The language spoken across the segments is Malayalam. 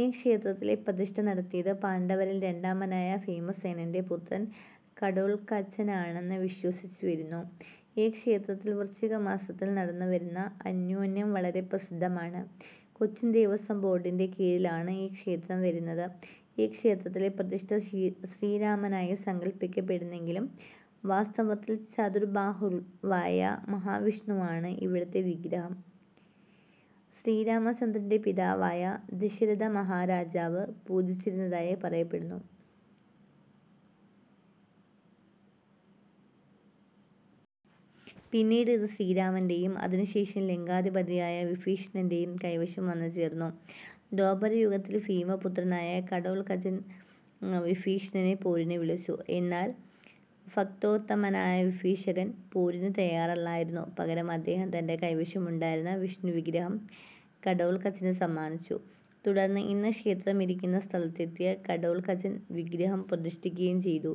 ഈ ക്ഷേത്രത്തിലെ പ്രതിഷ്ഠ നടത്തിയത് പാണ്ഡവരിൽ രണ്ടാമനായ ഭീമസേനന്റെ പുത്രൻ ഘടോൽകചനാണെന്ന് വിശ്വസിച്ചുവരുന്നു. ഈ ക്ഷേത്രത്തിൽ വൃശ്ചികമാസത്തിൽ നടത്തിവരുന്ന അന്യോന്യം വളരെ പ്രസിദ്ധമാണ്. കൊച്ചിൻ ദേവസ്വം ബോർഡിന്റെ കീഴിലാണ് ഈ ക്ഷേത്രം വരുന്നത്. ഈ ക്ഷേത്രത്തിലെ പ്രതിഷ്ഠ ശ്രീരാമനായി സങ്കല്പിയ്ക്കപ്പെടുന്നെങ്കിലും വാസ്തവത്തിൽ ചതുർബാഹു ലിവായ മഹാവിഷ്ണുവാണ്. ഇവിടത്തെ വിഗ്രഹം ശ്രീരാമചന്ദ്രന്റെ പിതാവായ ദശരഥമഹാരാജാവ് പൂജിച്ചിരുന്നതായി പറയപ്പെടുന്നു. പിന്നീട് ഇത് ശ്രീരാമന്റെയും അതിനുശേഷം ലങ്കാധിപതിയായ വിഭീഷണന്റെയും കൈവശം വന്നുചേർന്നു. ദ്വാപരയുഗത്തിൽ ഭീമപുത്രനായ ഘടോൽകചൻ വിഭീഷണനെ പോരിന് വിളിച്ചു. എന്നാൽ, ഭക്തോത്തമനായ വിഭീഷണൻ പോരിന് തയ്യാറല്ലായിരുന്നു. പകരം അദ്ദേഹം തന്റെ കൈവശമുണ്ടായിരുന്ന വിഷ്ണുവിഗ്രഹം ഘടോൽകചന് സമ്മാനിച്ചു. തുടർന്ന് ഇന്ന് ക്ഷേത്രമിരിയ്ക്കുന്ന സ്ഥലത്തെത്തിയ ഘടോൽകചൻ വിഗ്രഹം പ്രതിഷ്ഠിയ്ക്കുകയും ചെയ്തു.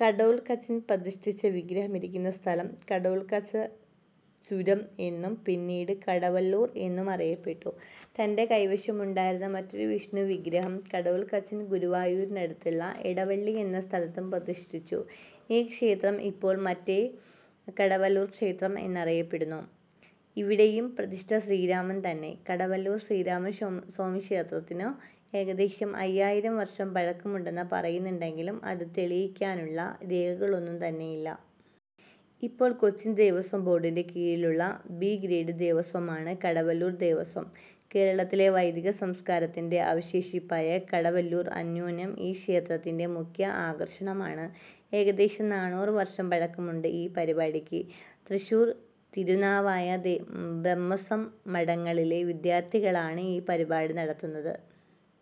ഘടോൽകചൻ പ്രതിഷ്ഠിച്ച വിഗ്രഹമിരിയ്ക്കുന്ന സ്ഥലം 'ഘടോൽകചപുരം' എന്നും പിന്നീട് 'കടവല്ലൂർ' എന്നുമറിയപ്പെട്ടു. തന്റെ കൈവശമുണ്ടായിരുന്ന മറ്റൊരു വിഷ്ണുവിഗ്രഹം ഘടോൽകചൻ ഗുരുവായൂരിനടുത്തുള്ള എടവള്ളി എന്ന സ്ഥലത്തും പ്രതിഷ്ഠിച്ചു. ഈ ക്ഷേത്രം ഇപ്പോൾ 'മറ്റേ കടവല്ലൂർ ക്ഷേത്രം' എന്ന് അറിയപ്പെടുന്നു. ഇവിടെയും പ്രതിഷ്ഠ ശ്രീരാമൻ തന്നെ. കടവല്ലൂർ ശ്രീരാമസ്വമിക്ഷേത്രത്തിന് ഏകദേശം അയ്യായിരം വർഷം പഴക്കമുണ്ടെന്ന് പറയുന്നുണ്ടെങ്കിലും അത് തെളിയിയ്ക്കാനുള്ള രേഖകളൊന്നും തന്നെയില്ല. ഇപ്പോൾ കൊച്ചിൻ ദേവസ്വം ബോർഡിന്റെ കീഴിലുള്ള 'ബി' ഗ്രേഡ് ദേവസ്വമാണ് കടവല്ലൂർ ദേവസ്വം. കേരളത്തിലെ വൈദിക സംസ്കാരത്തിന്റെ അവശേഷിപ്പായ കടവല്ലൂർ അന്യോന്യം ഈ ക്ഷേത്രത്തിന്റെ മുഖ്യ ആകർഷണമാണ്. ഏകദേശം നാന്നൂറുവർഷം പഴക്കമുണ്ട് ഈ പരിപാടിയ്ക്ക്. തൃശ്ശൂർ, തിരുനാവായ ബ്രഹ്മസ്വം മഠങ്ങളിലെ വിദ്യാർത്ഥികളാണ് ഈ പരിപാടി നടത്തുന്നത്.